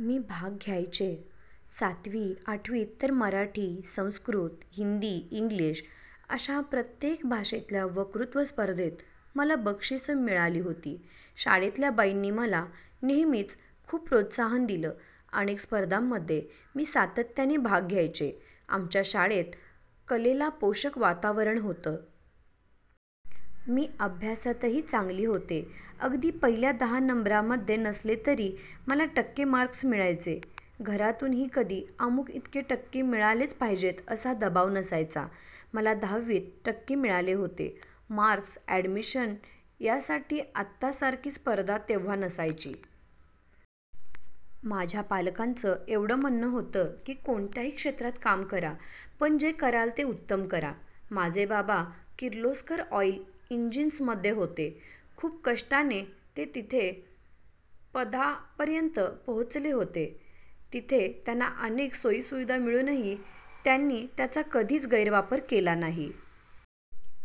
मी भाग घ्यायचे. सातवी-आठवीत तर मराठी, संस्कृत, हिंदी, इंग्लिश अशा प्रत्येक भाषेतल्या वक्तृत्व स्पर्धेत मला बक्षिसं मिळाली होती! शाळेतल्या बाईंनी मला नेहमीच खूप प्रोत्साहन दिलं. अनेक स्पर्धांमध्ये मी सातत्याने भाग घ्यायचे. आमच्या शाळेत कलेला पोषक वातावरण होतं. मी अभ्यासातही चांगली होते. अगदी पहिल्या दहा नंबरांमध्ये नसले तरी मला टक्के मार्क्स मिळायचे. घरातूनही कधी 'अमुक इतके टक्के मिळालेच पाहिजेत' असा दबाव नसायचा. मला दहावीत टक्के मिळाले होते. मार्क्स, अॅडमिशन यासाठी आत्तासारखी स्पर्धा तेव्हा नसायची. माझ्या पालकांचं एवढंच म्हणणं होतं की, कोणत्याही क्षेत्रात काम करा पण जे कराल ते उत्तम करा. माझे बाबा 'किर्लोस्कर ऑइल इंजिन्स'मध्ये होते, खूप कष्टाने ते तिथे.. पदापर्यंत पोहोचले होते. तिथे त्यांना अनेक सोयीसुविधा मिळूनही त्यांनी त्याचा कधीच गैरवापर केला नाही.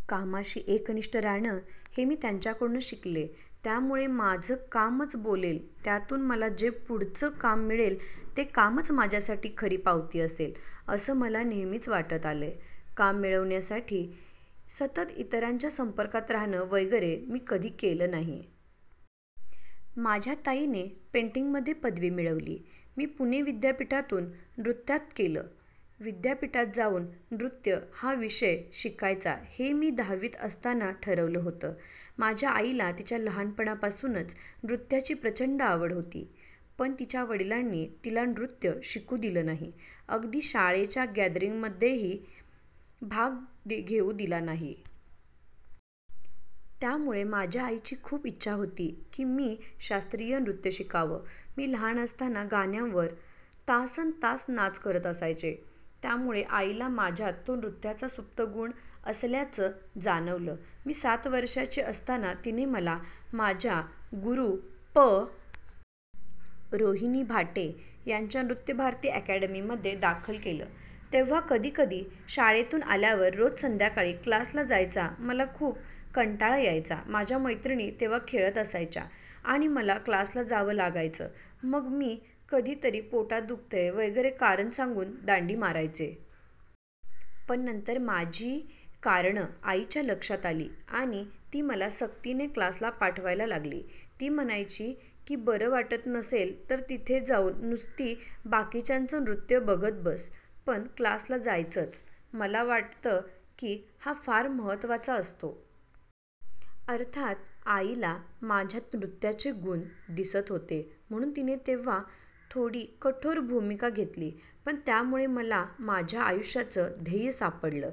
कामाशी एकनिष्ठ राहणं हे मी त्यांच्याकडून शिकले. त्यामुळे 'माझं कामच बोलेल, त्यातून मला जे पुढचं काम मिळेल ते कामच माझ्यासाठी खरी पावती असेल,' असं मला नेहमीच वाटत आलंय. काम मिळवण्यासाठी सतत इतरांच्या संपर्कात राहणं वगैरे मी कधी केलं नाही. माझ्या ताईने पेंटिंगमध्ये पदवी मिळवली. मी पुणे विद्यापीठातून नृत्यात.. केलं. विद्यापीठात जाऊन 'नृत्य' हा विषय शिकायचा हे मी दहावीत असतानाच ठरवलं होतं. माझ्या आईला तिच्या लहानपणापासूनच नृत्याची प्रचंड आवड होती. पण तिच्या वडिलांनी तिला नृत्य शिकू दिलं नाही, अगदी शाळेच्या गॅदरिंगमध्येही भाग घेऊ दिला नाही. त्यामुळे माझ्या आईची खूप इच्छा होती की मी शास्त्रीय नृत्य शिकावं. मी लहान असताना गाण्यांवर तासन्तास नाच करत असायचे. त्यामुळे आईला माझ्यात तो नृत्याचा सुप्त गुण असल्याचं जाणवलं. मी सात वर्षांची असताना तिने मला, माझ्या गुरू पं. रोहिणी भाटे यांच्या नृत्यभारती अॅकडमीमध्ये दाखल केलं. तेव्हा कधीकधी शाळेतून आल्यावर रोज संध्याकाळी क्लासला जायचा मला खूप कंटाळा यायचा. माझ्या मैत्रिणी तेव्हा खेळत असायच्या आणि मला क्लासला जावं लागायचं! मग मी कधीतरी 'पोटात दुखतंय' वगैरे कारणं सांगून दांडी मारायचे. पण नंतर माझी कारणं आईच्या लक्षात आली आणि ती मला सक्तीने क्लासला पाठवायला लागली. ती म्हणायची की बरं वाटत नसेल तर तिथे जाऊन नुसती बाकीच्यांचं नृत्य बघत बस, पण क्लासला जायचंच. मला वाटतं की, हा फार महत्त्वाचा असतो. अर्थात आईला माझ्यात नृत्याचे गुण दिसत होते म्हणून तिने तेव्हा थोडी कठोर भूमिका घेतली. पण त्यामुळे मला माझ्या आयुष्याचं 'ध्येय' सापडलं!